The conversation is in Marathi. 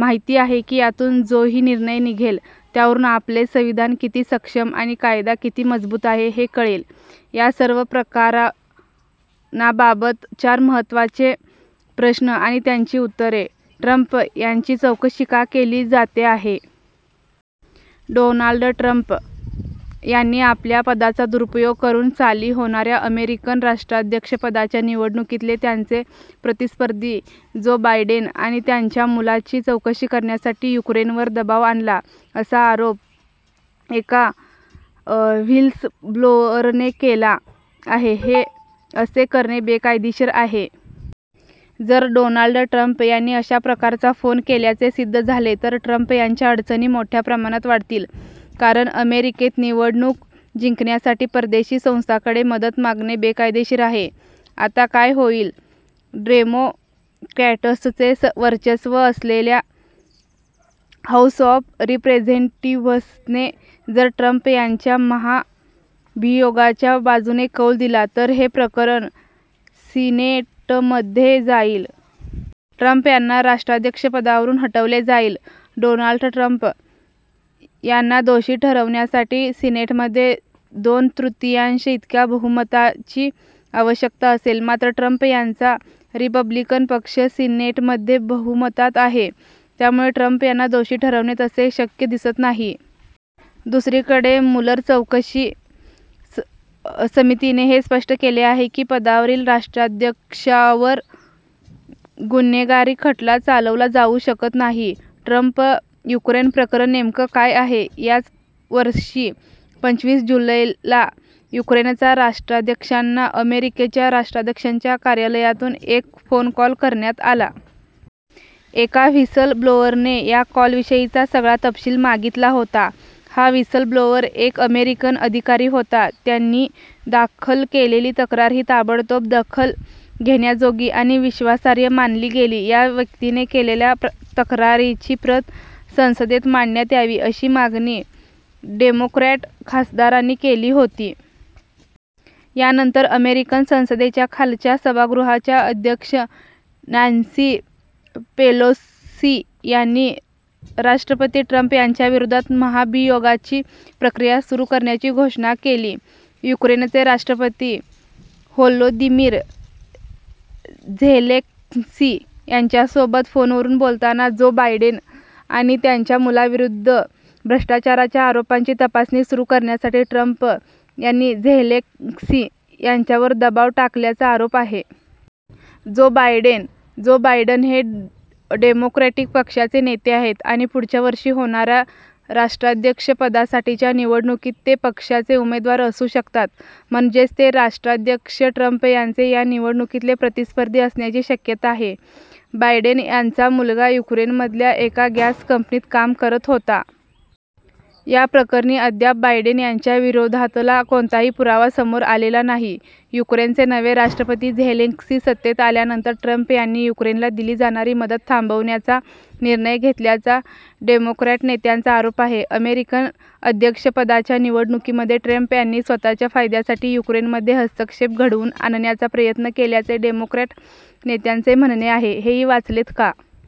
माहिती आहे की यातून जोही निर्णय निघेल, त्यावरून आपले संविधान किती सक्षम आणि कायदा किती मजबूत आहे, हे कळेल. या सर्व प्रकरणाबाबत चार महत्त्वाचे प्रश्न आणि त्यांची उत्तरे: ट्रम्प यांची चौकशी का केली जाते आहे? डोनाल्ड ट्रम्प यांनी आपल्या पदाचा दुरुपयोग करून, साली होणाऱ्या अमेरिकन राष्ट्राध्यक्षपदाच्या निवडणुकीतले त्यांचे प्रतिस्पर्धी जो बायडेन आणि त्यांच्या मुलाची चौकशी करण्यासाठी युक्रेनवर दबाव आणला, असा आरोप एका व्हिसलब्लोअरने केला आहे. हे असे करणे बेकायदेशीर आहे? जर डोनाल्ड ट्रम्प यांनी अशा प्रकारचा फोन केल्याचे सिद्ध झाले तर ट्रम्प यांच्या अडचणी मोठ्या प्रमाणात वाढतील. कारण अमेरिकेत निवडणूक जिंकण्यासाठी परदेशी संस्थांकडे मदत मागणे बेकायदेशीर आहे. आता काय होईल? डेमोक्रॅट्सचे वर्चस्व असलेल्या हाऊस ऑफ रिप्रेझेंटेटिव्ह्सने जर ट्रम्प यांच्या महाभियोगाच्या बाजूने कौल दिला, तर हे प्रकरण सिनेटमध्ये जाईल. ट्रम्प यांना राष्ट्राध्यक्षपदावरून हटवले जाईल? डोनाल्ड ट्रम्प यांना दोषी ठरवण्यासाठी सिनेटमध्ये दोन तृतीयांश इतक्या बहुमताची आवश्यकता असेल. मात्र ट्रम्प यांचा रिपब्लिकन पक्ष सिनेटमध्ये बहुमतात आहे. त्यामुळे ट्रम्प यांना दोषी ठरवणे तसे शक्य दिसत नाही. दुसरीकडे, मुलर चौकशी समितीने हे स्पष्ट केले आहे की, पदावरील राष्ट्राध्यक्षावर गुन्हेगारी खटला चालवला जाऊ शकत नाही. ट्रम्प-युक्रेन प्रकरण नेमकं काय आहे? याच वर्षी पंचवीस जुलैला युक्रेनच्या राष्ट्राध्यक्षांना अमेरिकेच्या राष्ट्राध्यक्षांच्या कार्यालयातून एक फोन कॉल करण्यात आला. एका व्हिसलब्लोअरने या कॉलविषयीचा सगळा तपशील मागितला होता. हा व्हिसलब्लोअर एक अमेरिकन अधिकारी होता. त्यांनी दाखल केलेली तक्रार ही 'ताबडतोब दखल घेण्याजोगी' आणि विश्वासार्ह मानली गेली. या व्यक्तीने केलेल्या तक्रारीची प्रत संसदेत मांडण्यात यावी अशी मागणी डेमोक्रॅट खासदारांनी केली होती. यानंतर अमेरिकन संसदेच्या खालच्या सभागृहाच्या अध्यक्षा नॅन्सी पेलोसी यांनी राष्ट्रपती ट्रम्प यांच्याविरोधात महाभियोगाची प्रक्रिया सुरू करण्याची घोषणा केली. युक्रेनचे राष्ट्रपती व्होलोदिमीर झेलेन्स्की यांच्यासोबत फोनवरून बोलताना जो बायडेन आणि त्यांच्या मुलाविरुद्ध भ्रष्टाचाराच्या आरोपांची तपासणी सुरू करण्यासाठी ट्रम्प यांनी झेलेन्स्की यांच्यावर दबाव टाकल्याचा आरोप आहे. जो बायडेन - जो बायडेन हे डेमोक्रॅटिक पक्षाचे नेते आहेत आणि पुढच्या वर्षी होणाऱ्या राष्ट्राध्यक्षपदासाठीच्या निवडणुकीत ते पक्षाचे उमेदवार असू शकतात. म्हणजेच ते राष्ट्राध्यक्ष ट्रम्प यांचे या निवडणुकीतले प्रतिस्पर्धी असण्याची शक्यता आहे. बायडेन यांचा मुलगा युक्रेनमधल्या एका गॅस कंपनीत काम करत होता. याप्रकरणी अद्याप बायडेन यांच्या विरोधातला कोणताही पुरावा समोर आलेला नाही. युक्रेनचे नवे राष्ट्रपती झेलेन्स्की सत्तेत आल्यानंतर ट्रम्प यांनी युक्रेनला दिली जाणारी मदत थांबवण्याचा निर्णय घेतल्याचा डेमोक्रॅट नेत्यांचा आरोप आहे. अमेरिकन अध्यक्षपदाच्या निवडणुकीमध्ये ट्रम्प यांनी स्वतःच्या फायद्यासाठी युक्रेनमध्ये हस्तक्षेप घडवून आणण्याचा प्रयत्न केल्याचे डेमोक्रॅट नेत्यांचे म्हणणे आहे. हेही वाचलेत का?